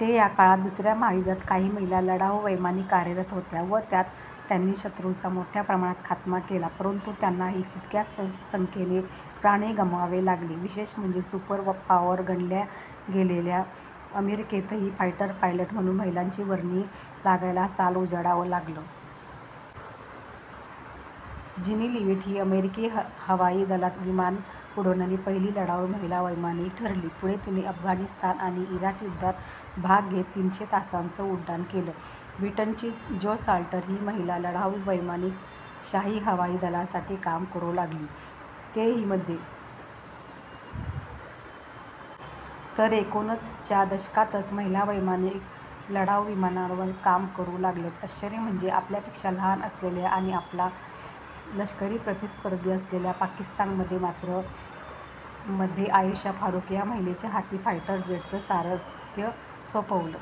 ते या काळात दुसऱ्या महायुद्धात काही महिला लढाऊ वैमानिक कार्यरत होत्या व त्यात त्यांनी शत्रूंचा मोठ्या प्रमाणात खात्मा केला. परंतु त्यांनाही तितक्याच संख्येने प्राणही गमवावे लागले. विशेष म्हणजे सुपरपॉवर गणल्या गेलेल्या अमेरिकेतही फायटर पायलट म्हणून महिलांची वर्णी लागायला साल उजाडावं लागलं. जीनी लीविट ही अमेरिकी हवाई दलात विमानं उडविणारी पहिली लढाऊ महिला वैमानिक ठरली. पुढे तिने अफगाणिस्तान आणि इराक युद्धात भाग घेत तीनशे तासांचं उड्डाण केलं. ब्रिटनची जो साल्टर ही महिला लढाऊ वैमानिक शाही हवाई दलासाठी काम करू लागली, तेही मध्ये. तर एकूणच च्या दशकातच महिला वैमानिक लढाऊ विमानांवर काम करू लागल्या. आश्चर्य म्हणजे आपल्यापेक्षा लहान असलेल्या आणि आपला लष्करी प्रतिस्पर्धी असलेल्या पाकिस्तानने मात्र मध्ये आयेशा फारुक या महिलेच्या हाती फायटर जेटचं सारथ्य सोपवलं.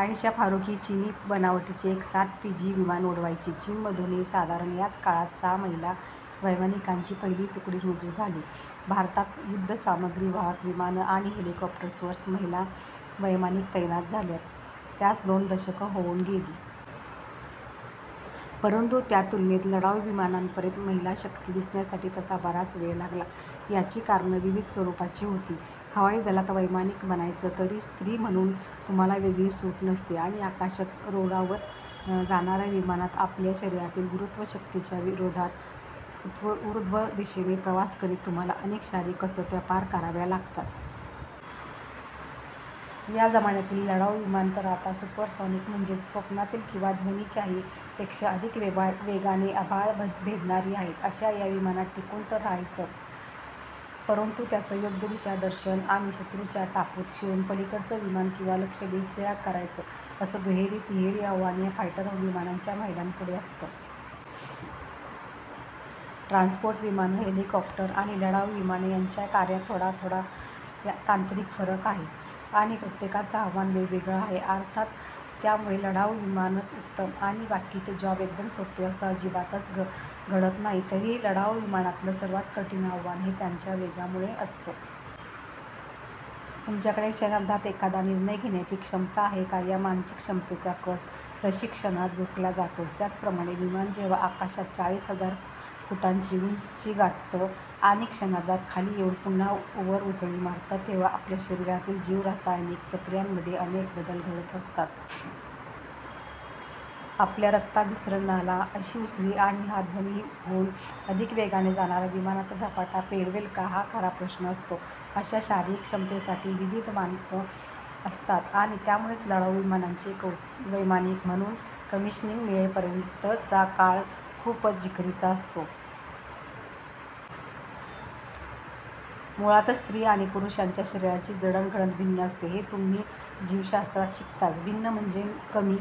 आयेशा फारुक ही चीनी बनावटीची एफ सात पीजी विमानं उडवायची. चीनमधूनही साधारण याच काळात सहा महिला वैमानिकांची पहिली तुकडी रुजू झाली. भारतात युद्धसामग्रीवाहक विमानं आणि हेलिकॉप्टर्सवर महिला वैमानिक तैनात झाल्या, त्यास दोन दशकं होऊन गेली. परंतु त्या तुलनेत लढाऊ विमानांपर्यंत महिलाशक्ती दिसण्यासाठी तसा बराच वेळ लागला. याची कारणं विविध स्वरूपाची होती. हवाई दलात वैमानिक बनायचं, तरी स्त्री म्हणून तुम्हाला वेगळी सूट नसते आणि आकाशात रोंरावत जाणाऱ्या विमानात आपल्या शरीरातील गुरुत्वशक्तीच्या विरोधात ऊर्ध्व दिशेने प्रवास करीत तुम्हाला अनेक शारीरिक कसोट्या पार कराव्या लागत असतात. या जमान्यातली लढाऊ विमानं तर आता सुपरसॉनिक म्हणजेच स्वनातीत किंवा ध्वनीच्याही पेक्षा अधिक वेगाने आभाळ भेदणारी आहेत. अशा या विमानात टिकून तर रहायचंच, परंतु त्यांचं योग्य दिशादर्शन आणि शत्रूच्या टापूत शिरून पलीकडचं विमान किंवा लक्ष्य बेचिराख करायचं, असं दुहेरी-तिहेरी आव्हान या फायटर विमानांच्या महिलांपुढे असतं. ट्रान्सपोर्ट विमानं, हेलिकॉप्टर आणि लढाऊ विमानं यांच्या कार्यात थोडाथोडा तांत्रिक फरक आहे आणि प्रत्येकाचं आव्हान वेगवेगळं आहे. अर्थात त्यामुळे लढाऊ विमानंच उत्तम आणि बाकीचे जॉब एकदम सोपे असं अजिबातच घडत नाही. तरीही लढाऊ विमानातलं सर्वात कठीण आव्हान हे त्यांच्या वेगामुळे असतं. तुमच्याकडे क्षणार्धात एखादा निर्णय घेण्याची क्षमता आहे का, या मानसिक क्षमतेचा कस प्रशिक्षणात जोखला जातोच. त्याचप्रमाणे विमान जेव्हा आकाशात चाळीस हजार फुटांची उंची गाठतं आणि क्षणार्धात खाली येऊन पुन्हा वर उसळी मारतं, तेव्हा आपल्या शरीरातील जीव-रासायनिक प्रक्रियांमध्ये अनेक बदल घडत असतात. आपल्या रक्ताभिसरणाला अशी उसळी आणि हा ध्वनिहून अधिक वेगाने जाणारा विमानाचा झपाटा पेलवेल का, हा खरा प्रश्न असतो. अशा शारीरिक क्षमतेसाठी विविध मानकं असतात आणि त्यामुळेच लढाऊ विमानांचे वैमानिक म्हणून कमिशनिंग मिळेपर्यंतचा काळ खूपच जिकिरीचा असतो. मुळातच स्त्री आणि पुरुष यांच्या शरीरांची जडणघडण भिन्न असते, हे तुम्ही जीवशास्त्रात शिकताच. भिन्न म्हणजे कमी